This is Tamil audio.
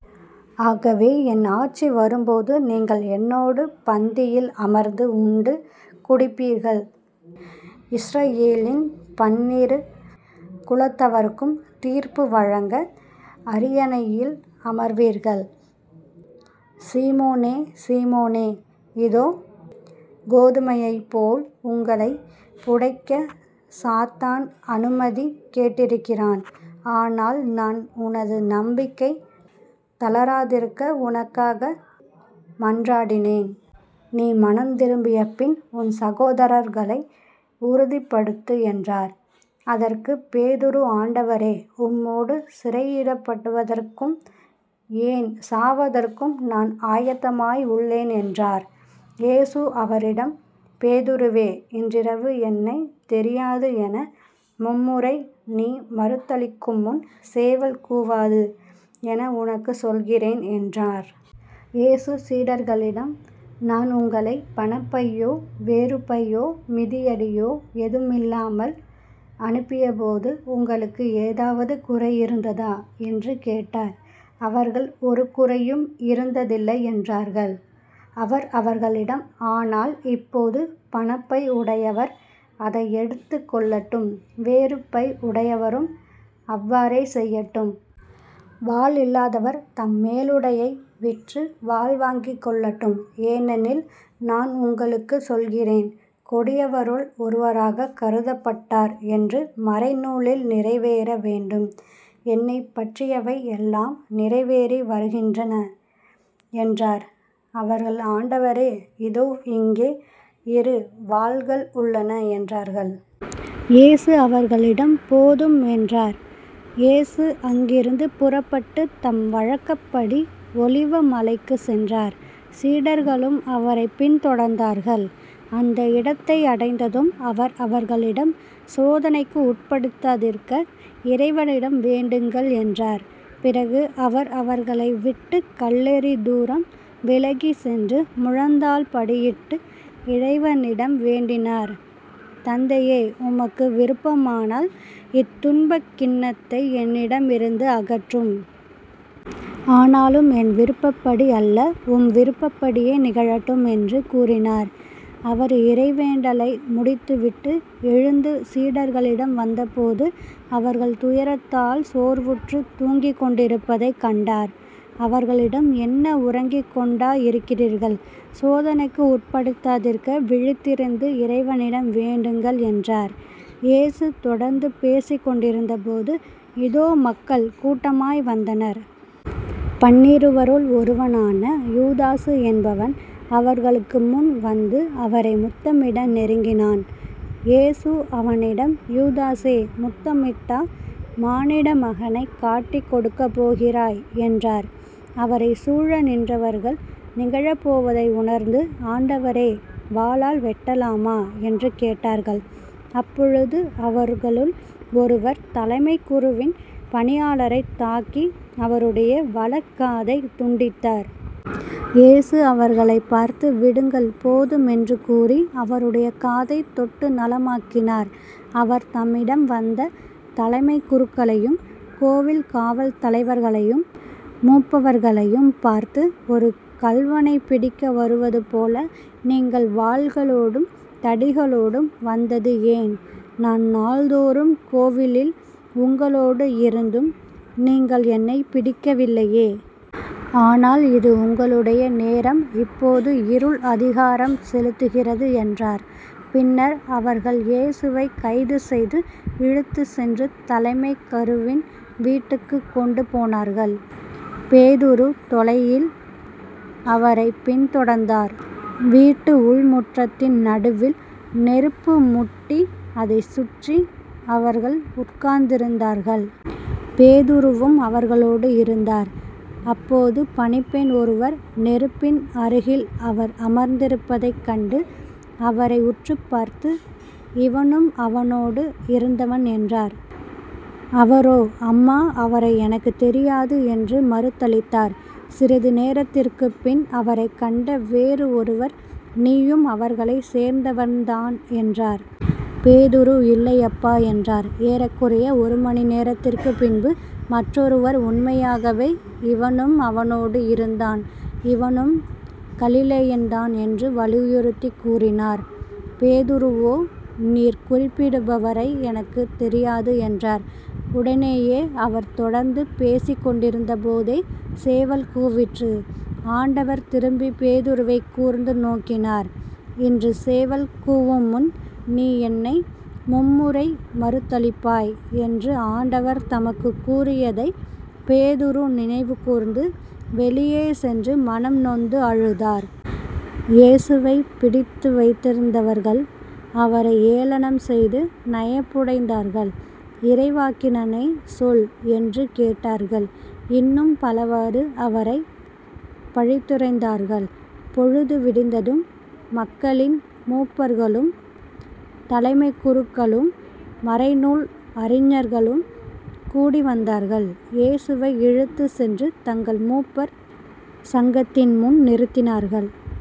ஆகவே என் ஆட்சி வரும்போது நீங்கள் என்னோடு பந்தியில் அமர்ந்து உண்டு குடிப்பீர்கள் இஸ்ரயேலின் பன்னிரு குலத்தவருக்கும் தீர்ப்பு வழங்க அரியணையில் அமர்வீர்கள். சீமோனே சீமோனே இதோ கோதுமையைப்போல் உங்களைப் புடைக்கச் சாத்தான் அனுமதி கேட்டிருக்கிறான். ஆனால் நான் உனது நம்பிக்கை தளராதிருக்க உனக்காக மன்றாடினேன். நீ மனந்திரும்பியபின் உன் சகோதரர்களை உறுதிப்படுத்து என்றார். அதற்கு பேதுரு ஆண்டவரே உம்மோடு சிறையிடப்படுவதற்கும் ஏன் சாவதற்கும் நான் ஆயத்தமாய் உள்ளேன் என்றார். இயேசு அவரிடம் பேதுருவே இன்றிரவு என்னைத் தெரியாது என மும்முறை நீ மறுதலிக்குமுன் சேவல் கூவாது என உனக்குச் சொல்கிறேன் என்றார். இயேசு சீடர்களிடம் நான் உங்களைப் பணப்பையோ வேறுபையோ மிதியடியோ எதுவுமில்லாமல் அனுப்பியபோது உங்களுக்கு ஏதாவது குறை இருந்ததா? என்று கேட்டார். அவர்கள் ஒரு குறையும் இருந்ததில்லை என்றார்கள். அவர் அவர்களிடம் ஆனால் இப்போது பணப்பை உடையவர் அதை எடுத்துக் கொள்ளட்டும் வேறு பை உடையவரும் அவ்வாறே செய்யட்டும். வாள் இல்லாதவர் தம் மேலுடையை விற்று வாள் வாங்கிக் கொள்ளட்டும். ஏனெனில் நான் உங்களுக்குச் சொல்கிறேன் கொடியவருள் ஒருவராகக் கருதப்பட்டார் என்று மறைநூலில் நிறைவேற வேண்டும். என்னைப் பற்றியவை எல்லாம் நிறைவேறி வருகின்றன என்றார். அவர்கள் ஆண்டவரே இதோ இங்கே இரு வாள்கள் உள்ளன என்றார்கள். இயேசு அவர்களிடம் போதும் என்றார். இயேசு அங்கிருந்து புறப்பட்டுத் தம் வழக்கப்படி ஒலிவ மலைக்குச் சென்றார். சீடர்களும் அவரைப் பின் தொடர்ந்தார்கள். அந்த இடத்தை அடைந்ததும் அவர் அவர்களிடம் சோதனைக்கு உட்படாதிருக்க இறைவனிடம் வேண்டுங்கள் என்றார். பிறகு அவர் அவர்களை விட்டுக் கல்லெறிதூரம் விலகிச் சென்று முழந்தாள்படியிட்டு இறைவனிடம் வேண்டினார் தந்தையே உமக்கு விருப்பமானால் இத்துன்பக் கிண்ணத்தை என்னிடமிருந்து அகற்றும். ஆனாலும் என் விருப்பப்படி அல்ல உம் விருப்பப்படியே நிகழட்டும் என்று கூறினார். அவர் இறைவேண்டலை முடித்துவிட்டு எழுந்து சீடர்களிடம் வந்தபோது அவர்கள் துயரத்தால் சோர்வுற்றுத் தூங்கிக்கொண்டிருப்பதைக் கண்டார். அவர்களிடம் என்ன உறங்கிக் கொண்டா இருக்கிறீர்கள்? சோதனைக்கு உட்படாதிருக்க விழித்திருந்து இறைவனிடம் வேண்டுங்கள் என்றார். இயேசு தொடர்ந்து பேசிக் கொண்டிருந்தபோது இதோ மக்கள் கூட்டமாய் வந்தனர். பன்னிருவருள் ஒருவனான யூதாசு என்பவன் அவர்களுக்குமுன் வந்து அவரை முத்தமிட நெருங்கினான். இயேசு அவனிடம் யூதாசே முத்தமிட்டா மானிட மகனைக் காட்டிக் கொடுக்கப் போகிறாய்? என்றார். அவரைச் சூழ நின்றவர்கள் நிகழப்போவதை உணர்ந்து ஆண்டவரே வாளால் வெட்டலாமா? என்று கேட்டார்கள். அப்பொழுது அவர்களுள் ஒருவர் தலைமைக் குருவின் பணியாளரைத் தாக்கி அவருடைய வலக் காதைத் துண்டித்தார். இயேசு அவர்களைப் பார்த்து விடுங்கள் போதும் என்று கூறி அவருடைய காதைத் தொட்டு நலமாக்கினார். அவர் தம்மிடம் வந்த தலைமைக் குருக்களையும் கோவில் காவல் தலைவர்களையும் மூப்பர்களையும் பார்த்து ஒரு கள்வனைப் பிடிக்க வருவதுபோல நீங்கள் வாள்களோடும் தடிகளோடும் வந்தது ஏன்? நான் நாள்தோறும் கோவிலில் உங்களோடு இருந்தும் நீங்கள் என்னைப் பிடிக்கவில்லையே. ஆனால் இது உங்களுடைய நேரம் இப்போது இருள் அதிகாரம் செலுத்துகிறது என்றார். பின்னர் அவர்கள் இயேசுவைக் கைதுசெய்து இழுத்துச் சென்று தலைமைக் குருவின் வீட்டுக்குக் கொண்டு போனார்கள். பேதுரு தொலையில் அவரைப் பின்தொடர்ந்தார். வீட்டு உள்முற்றத்தின் நடுவில் நெருப்பு முட்டி அதைச் சுற்றி அவர்கள் உட்கார்ந்திருந்தார்கள். பேதுருவும் அவர்களோடு இருந்தார். அப்போது பணிப்பெண் ஒருவர் நெருப்பின் அருகில் அவர் அமர்ந்திருப்பதைக் கண்டு அவரை உற்றுப்பார்த்து இவனும் அவனோடு இருந்தவன் என்றார். அவரோ அம்மா அவரை எனக்குத் தெரியாது என்று மறுதலித்தார். சிறிது நேரத்திற்குப்பின் அவரைக் கண்ட வேறு ஒருவர் நீயும் அவர்களைச் சேர்ந்தவன்தான் என்றார். பேதுரு இல்லையப்பா என்றார். ஏறக்குறைய ஒரு மணிநேரத்திற்கு பின்பு மற்றொருவர் உண்மையாகவே இவனும் அவனோடு இருந்தான் இவனும் கலிலேயன்தான் என்று வலியுறுத்திக் கூறினார். பேதுருவோ நீர் குறிப்பிடுபவரை எனக்குத் தெரியாது என்றார். உடனேயே அவர் தொடர்ந்து பேசிக் கொண்டிருந்தபோதே சேவல் கூவிற்று. ஆண்டவர் திரும்பி பேதுருவைக் கூர்ந்து நோக்கினார் இன்று சேவல் கூவுமுன் நீ என்னை மும்முறை மறுதலிப்பாய் என்று ஆண்டவர் தமக்குக் கூறியதைப் பேதுரு நினைவுகூர்ந்து வெளியே சென்று மனம் நொந்து அழுதார். இயேசுவைப் பிடித்துவைத்திருந்தவர்கள் அவரை ஏளனம் செய்து நையப்புடைத்தார்கள். இறைவாக்கினனே சொல் என்று கேட்டார்கள். இன்னும் பலவாறு அவரைப் பழித்துரைத்தார்கள். பொழுது விடிந்ததும் மக்களின் மூப்பர்களும் தலைமைக்குருக்களும் மறைநூல் அறிஞர்களும் கூடிவந்தார்கள் இயேசுவை இழுத்துச் சென்று தங்கள் மூப்பர் சங்கத்தின்முன் நிறுத்தினார்கள்.